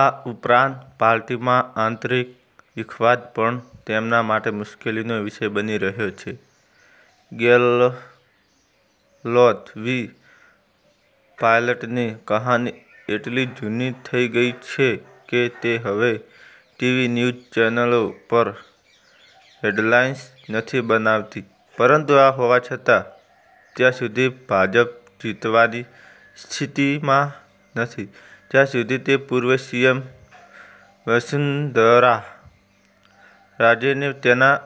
આ ઉપરાંત પાર્ટીમાં આંતરિક વિખવાદ પણ તેમના માટે મુશ્કેલીનો વિષય બની રહ્યો છે. ગેહલોત વિ પાયલટની કહાની એટલી જૂની થઈ ગઈ છે કે તે હવે ટીવી ન્યૂઝ ચેનલો પર હેડલાઈન્સ નથી બનાવતી. પરંતુ આ હોવા છતાં, ત્યાં સુધી ભાજપ જીતવાની સ્થિતિમાં નથી, જ્યાં સુધી તે પૂર્વ સીએમ વસુંધરા રાજેને તેના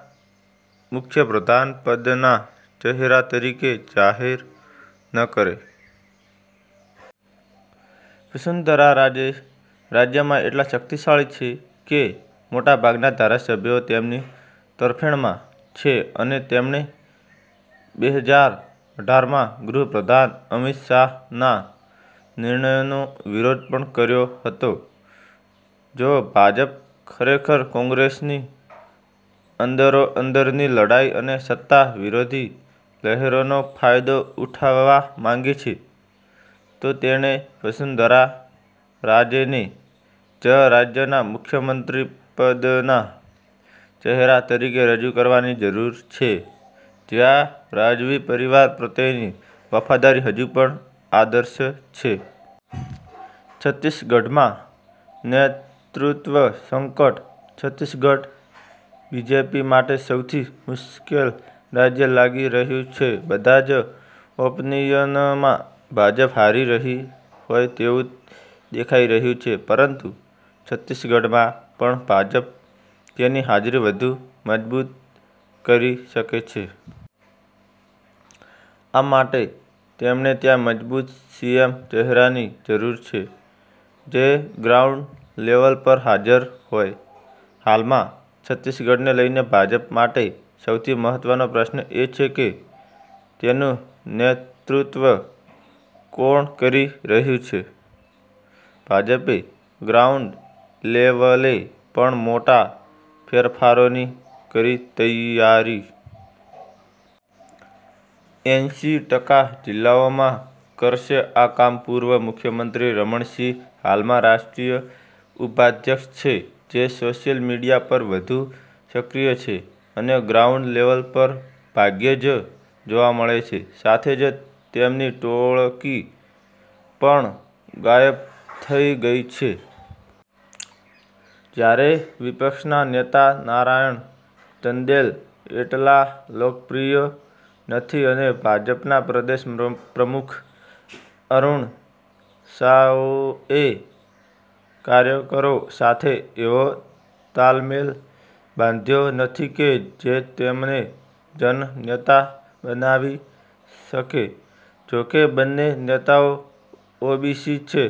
મુખ્ય પ્રધાનપદના ચહેરા તરીકે જાહેર ન કરે. વસુંધરા રાજે રાજ્યમાં એટલા શક્તિશાળી છે કે, મોટાભાગના ધારાસભ્યો તેમની તરફેણમાં છે અને તેમણે બેહજાર અઢારમાં ગૃહ પ્રધાન અમિત શાહના નિર્ણયનો વિરોધ પણ કર્યો હતો. જો ભાજપ ખરેખર કોંગ્રેસની અંદરોઅંદરની લડાઈ અને સત્તા વિરોધી લહેરનો ફાયદો ઉઠાવવા માંગે છે, તો તેણે વસુંધરા રાજેને જ રાજ્યના મુખ્યમંત્રીપદના ચહેરા તરીકે રજૂ કરવાની જરૂર છે, જ્યાં રાજવી પરિવાર પ્રત્યેની વફાદારી હજુ પણ આદર્શ છે. છત્તીસગઢમાં નેતૃત્વ સંકટ, છત્તીસગઢ બીજેપી માટે સૌથી મુશ્કેલ રાજ્ય લાગી રહ્યું છે. બધા જ ઓપિનિયનમાં ભાજપ હારી રહી હોય તેવું દેખાઈ રહ્યું છે પરંતુ, છત્તીસગઢમાં પણ ભાજપ તેની હાજરી વધુ મજબૂત કરી શકે છે. આ માટે તેમણે ત્યાં મજબૂત સીએમ ચહેરાની જરૂર છે, જે ગ્રાઉન્ડ લેવલ પર હાજર હોય. હાલમાં, છત્તીસગઢને લઈને ભાજપ માટે સૌથી મહત્વનો પ્રશ્ન એ છે કે, તેનું નેતૃત્વ કોણ કરી રહ્યું છે? ભાજપે ગ્રાઉન્ડ લેવલે પણ મોટા ફેરફારોની કરી તૈયારી! એંસી ટકા જિલ્લાઓમાં કરશે આ કામ પૂર્વ મુખ્યમંત્રી રમણ સિંહ હાલમાં રાષ્ટ્રીય ઉપાધ્યક્ષ છે, જે સોશિયલ મીડિયા પર વધુ સક્રિય છે અને ગ્રાઉન્ડ લેવલ પર ભાગ્યે જ જોવા મળે છે. સાથે જ તેમની ટોળકી પણ ગાયબ થઈ ગઈ છે. જ્યારે વિપક્ષના નેતા નારાયણ ચંદેલ એટલા લોકપ્રિય નથી અને ભાજપના પ્રદેશ પ્રમુખ અરુણ સાઓએ કાર્યકરો સાથે એવો તાલમેલ બાંધ્યો નથી કે, જે તેમને જન નેતા બનાવી શકે. જોકે બંને નેતાઓ ઓબીસી છે.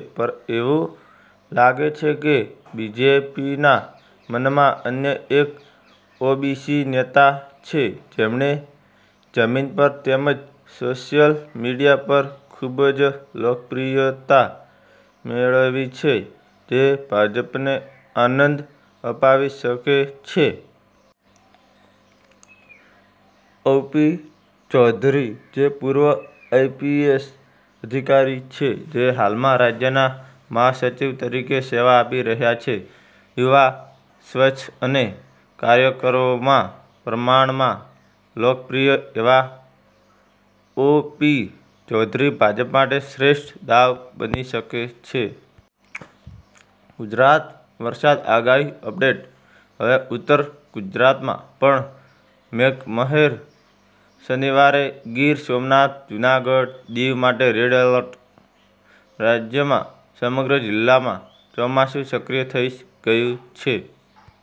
એવું લાગે છે કે, બીજેપીના મનમાં અન્ય એક ઓબીસી નેતા છે, જેમણે જમીન પર તેમજ સોશિયલ મીડિયા પર ખૂબ જ લોકપ્રિયતા મેળવી છે, જે ભાજપને આનંદ અપાવી શકે છે. ઓપી ચૌધરી જે પૂર્વ આઈપીએસ અધિકારી છે, જે હાલમાં રાજ્યના મહાસચિવ તરીકે સેવા આપી રહ્યા છે. યુવા, સ્વચ્છ અને કાર્યકરોમાં પ્રમાણમાં લોકપ્રિય એવા ઓ. પી. ચૌધરી ભાજપ માટે શ્રેષ્ઠ દાવ બની શકે છે. ગુજરાત વરસાદ આગાહી અપડેટ: હવે ઉત્તર ગુજરાતમાં પણ મેઘમહેર! શનિવારે ગીર સોમનાથ, જૂનાગઢ, દીવ માટે રેડ એલર્ટ. રાજ્યમાં સમગ્ર જિલ્લામાં ચોમાસુ સક્રિય થઈ ગયું છે.